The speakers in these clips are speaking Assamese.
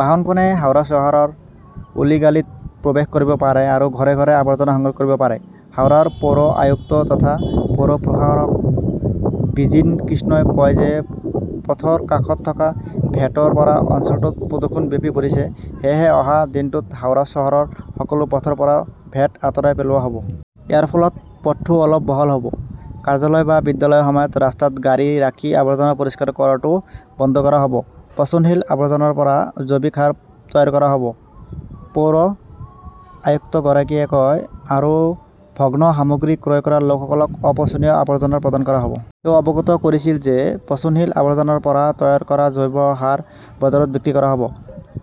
বাহনখনে হাওৰা চহৰৰ অলিগালিত প্ৰৱেশ কৰিব পাৰে আৰু ঘৰ-ঘৰে আৱৰ্জনা সংগ্ৰহ কৰিব পাৰে। হাওড়াৰ পৌৰ আয়ুক্ত তথা পৌৰ প্ৰশাসক বিজিন কৃষ্ণই কয় যে পথৰ কাষত থকা ভ্যাটৰ পৰা অঞ্চলটোত প্ৰদূষণ বিয়পি পৰিছে। সেয়েহে অহা দিনটোত হাওৰা চহৰৰ সকলো পথৰ পৰা ভ্যাট আঁতৰাই পেলোৱা হ'ব। ইয়াৰ ফলত পথটো অলপ বহল হ'ব। কাৰ্যালয় বা বিদ্যালয়ৰ সময়ত ৰাস্তাত গাড়ী ৰাখি আৱৰ্জনা পৰিষ্কাৰ কৰাটোও বন্ধ কৰা হ'ব। পচনশীল আৱৰ্জনাৰ পৰা জৈৱিক সাৰ তৈয়াৰ কৰা হ'ব, পৌৰ আয়ুক্তগৰাকীয়ে কয়। আৰু ভগ্ন সামগ্ৰী ক্ৰয় কৰা লোকসকলক অপচনীয় আৱৰ্জনা প্ৰদান কৰা হ'ব। তেওঁ অৱগত কৰিছিল যে পচনশীল আৱৰ্জনাৰ পৰা তৈয়াৰ কৰা জৈৱ সাৰ বজাৰত বিক্ৰী কৰা হ'ব।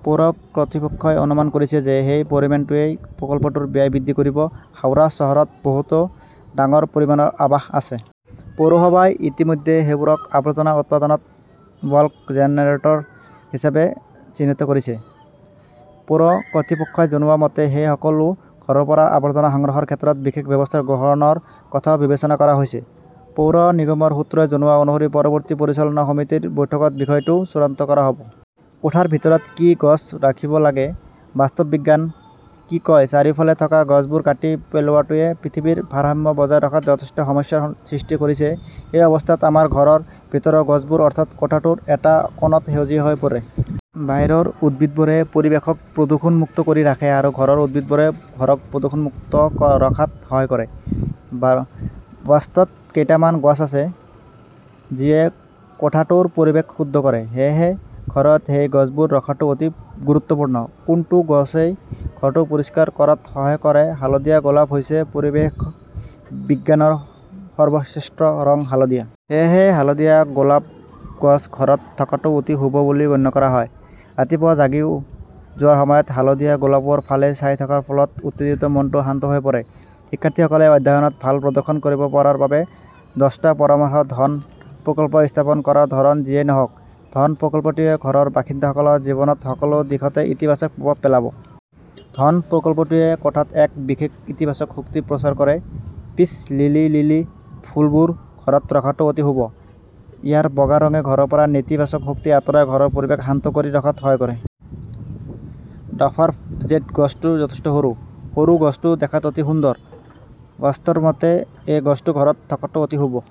পৌৰ কৰ্তৃপক্ষই অনুমান কৰিছে যে সেই পৰিমাণটোৱেই প্ৰকল্পটোৰ ব্যয় বৃদ্ধি কৰিব। হাওৰা চহৰত বহুতো ডাঙৰ পৰিমাণৰ আৱাস আছে। পৌৰসভাই ইতিমধ্যে সেইবোৰক আৱৰ্জনা উৎপাদনত বাল্ক জেনেৰেটৰ হিচাপে চিহ্নিত কৰিছে। পৌৰ কৰ্তৃপক্ষই জনোৱা মতে, সেই সকলো ঘৰৰ পৰা আৱৰ্জনা সংগ্ৰহৰ ক্ষেত্ৰত বিশেষ ব্যৱস্থা গ্ৰহণৰ কথাও বিবেচনা কৰা হৈছে। পৌৰ নিগমৰ সূত্ৰই জনোৱা অনুসৰি পৰৱৰ্তী পৰিচালনা সমিতিৰ বৈঠকত বিষয়টো চূড়ান্ত কৰা হ'ব। কোঠাৰ ভিতৰত কি গছ ৰাখিব লাগে, বাস্তৱ বিজ্ঞান কি কয় চাৰিওফালে থকা গছবোৰ কাটি পেলোৱাটোৱে পৃথিৱীৰ ভাৰসাম্য বজাই ৰখাত যথেষ্ট সমস্যাৰ সৃষ্টি কৰিছে। এই অৱস্থাত, আমাৰ ঘৰৰ ভিতৰৰ গছবোৰ, অৰ্থাৎ কোঠাটোৰ এটা কোণত সেউজীয়া হৈ পৰে। বাহিৰৰ উদ্ভিদবোৰে পৰিৱেশক প্ৰদূষণ মুক্ত কৰি ৰাখে আৰু ঘৰৰ উদ্ভিদবোৰে ঘৰক প্ৰদূষণ মুক্ত ৰখাত সহায় কৰে। বাস্তুত কেইটামান গছ আছে, যিয়ে কোঠাটোৰ পৰিৱেশ শুদ্ধ কৰে। সেয়েহে ঘৰত সেই গছবোৰ ৰখাটো অতি গুৰুত্বপূৰ্ণ। কোনটো গছই ঘৰটো পৰিষ্কাৰ কৰাত সহায় কৰে হালধীয়া গোলাপ হৈছে পৰিৱেশ বিজ্ঞানৰ সৰ্বশ্ৰেষ্ঠ ৰং হালধীয়া। সেয়েহে হালধীয়া গোলাপ গছ ঘৰত থকাটো অতি শুভ বুলি গণ্য কৰা হয়। ৰাতিপুৱা জাগি যোৱাৰ সময়ত হালধীয়া গোলাপৰ ফালে চাই থকাৰ ফলত উত্তেজিত মনটো শান্ত হৈ পৰে। শিক্ষাৰ্থীসকলে অধ্যয়নত ভাল প্ৰদৰ্শন কৰিব পৰাৰ বাবে দচটা পৰামৰ্শ ধন প্ৰকল্প স্থাপন কৰাৰ ধৰণ যিয়েই নহওক, ধন প্ৰকল্পটোৱে ঘৰৰ বাসিন্দাসকলৰ জীৱনত সকলো দিশতে ইতিবাচক প্ৰভাৱ পেলাব। ধন প্ৰকল্পটোৱে কোঠাত এক বিশেষ ইতিবাচক শক্তি প্ৰচাৰ কৰে। পিস লিলি - লিলি ফুলবোৰ ঘৰত ৰখাটো অতি শুভ। ইয়াৰ বগা ৰঙে ঘৰৰ পৰা নেতিবাচক শক্তি আঁতৰাই ঘৰৰ পৰিৱেশ শান্ত কৰি ৰখাত সহায় কৰে। ডাৱাৰ্ফ জেড গছটো যথেষ্ট সৰু। সৰু গছটো দেখাত অতি সুন্দৰ। বাস্তুৰ মতে এই গছটো ঘৰত থকাটো অতি শুভ।